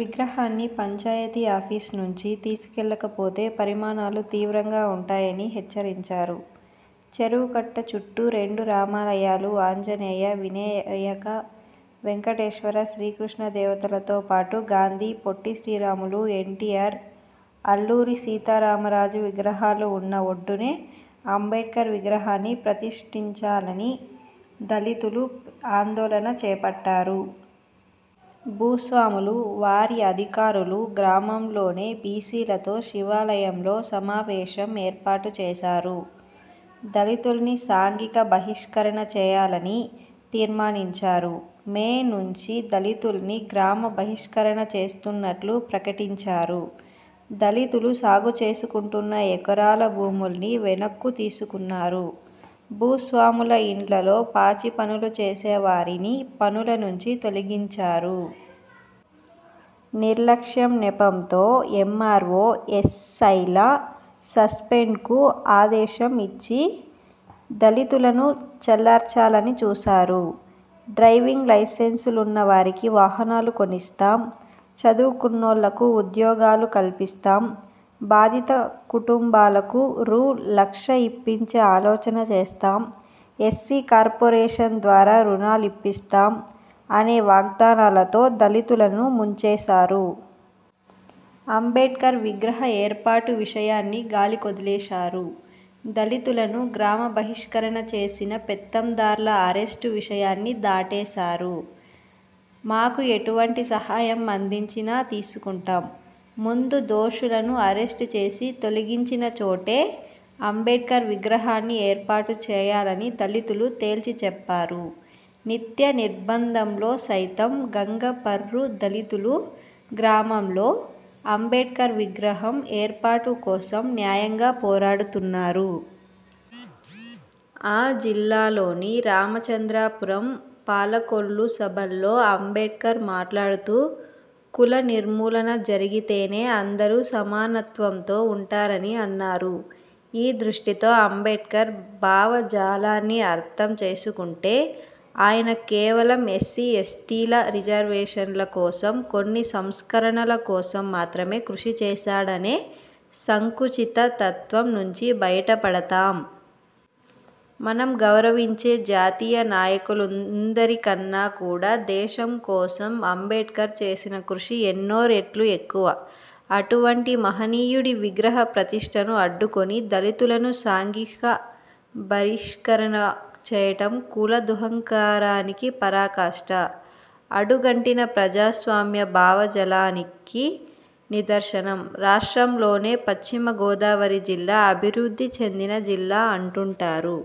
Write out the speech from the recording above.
విగ్రహాన్ని పంచాయతీ ఆఫీసు నుంచి తీసుకెళ్ళకపోతే పరిమాణాలు తీవ్రంగా ఉంటాయని హెచ్చరించారు. చెరువు కట్ట చుట్టూ రెండు రామాలయాలు, ఆంజనేయ, వినాయక, వెంకటేశ్వర, శ్రీకృష్ణ దేవతలతో పాటు గాంధీ, పొట్టిశ్రీరాములు, ఎన్టీఆర్, అల్లూరి సీతారామరాజు విగ్రహాలు వున్న ఒడ్డునే అంబేడ్కర్ విగ్రహాన్ని ప్రతిష్ఠించాలని దళితులు ఆందోళన చేపట్టారు. భూస్వాములు, వారి అధికారులు గ్రామంలోనే బీసీలతో శివాలయంలో సమావేశం ఏర్పాటు చేశారు. దళితుల్ని సాంఘిక బహిష్కరణ చేయాలని తీర్మానించారు. మే నుంచి దళితుల్ని గ్రామ బహిష్కరణ చేస్తున్నట్లు ప్రకటించారు. దళితులు సాగుచేసుకుంటున్న ఎకరాల భూముల్ని వెనక్కు తీసుకున్నారు. భూస్వాముల ఇండ్లలో పాచిపనులు చేసేవారిని పనుల నుంచి తొలగించారు. నిర్లక్ష్యం నెపంతో ఎమ్మార్వో, ఎస్ఐల సస్పెండ్కు ఆదేశం ఇచ్చి దళితులను చల్లార్చాలని చూశారు. డ్రైవింగ్ లైసెన్సులున్న వారికి వాహనాలు కొనిస్తాం, చదువుకున్నోళ్ళకు ఉద్యోగాలు కల్పిస్తాం, బాధిత కుటుంబాలకు రూ. లక్ష ఇప్పించే ఆలోచన చేస్తాం, ఎస్సీ కార్పొరేషన్ ద్వారా రుణాలిప్పిస్తాం అనే వాగ్దానాలతో దళితులను ముంచేశారు. అంబేడ్కర్ విగ్రహ ఏర్పాటు విషయాన్ని గాలికొదిలేశారు. దళితులను గ్రామబహిష్కరణ చేసిన పెత్తందార్ల అరెస్టు విషయాన్ని దాటేశారు. మాకు ఎటువంటి సహాయం అందించినా తీసుకుంటాం, ముందు దోషులను అరెస్టు చేసి, తొలగించిన చోటే అంబేడ్కర్ విగ్రహాన్ని ఏర్పాటుచేయాలని దళితులు తేల్చిచెప్పారు. నిత్యనిర్బంధంలో సైతం గంగపర్రుదళితులు గ్రామంలో అంబేడ్కర్ విగ్రహం ఏర్పాటు కోసం న్యాయంగా పోరాడుతున్నారు. ఆ జిల్లాలోని రామచంద్రపురం, పాలకొల్లు సభల్లో అంబేడ్కర్ మాట్లాడుతూ కులనిర్మూలన జరిగితేనే అందరూ సమానత్వంతో ఉంటారని అన్నారు. ఈ దృష్టితో అంబేడ్కర్ భావజాలాన్ని అర్థం చేసుకుంటే ఆయన కేవలం ఎస్సీ, ఎస్టీల రిజర్వేషన్ల కోసం, కొన్ని సంస్కరణల కోసం మాత్రమే కృషి చేశాడనే సంకుచిత తత్వం నుంచి బయటపడతాం. మనం గౌరవించే జాతీయ నాయకులందరికన్నా కూడా దేశం కోసం అంబేడ్కర్ చేసిన కృషి ఎన్నో రెట్లు ఎక్కువ. అటువంటి మహనీయుడి విగ్రహ ప్రతిష్ఠను అడ్డుకొని దళితులను సాంఘిక బహిష్కరణ చేయటం కుల దురహంకారానికి పరాకాష్ట. అడుగంటిన ప్రజాస్వామ్య భావజాలానికి నిదర్శనం. రాష్ట్రంలోనే పశ్చిమగోదావరి జిల్లా అభివృద్ధి చెందిన జిల్లా అంటుంటారు.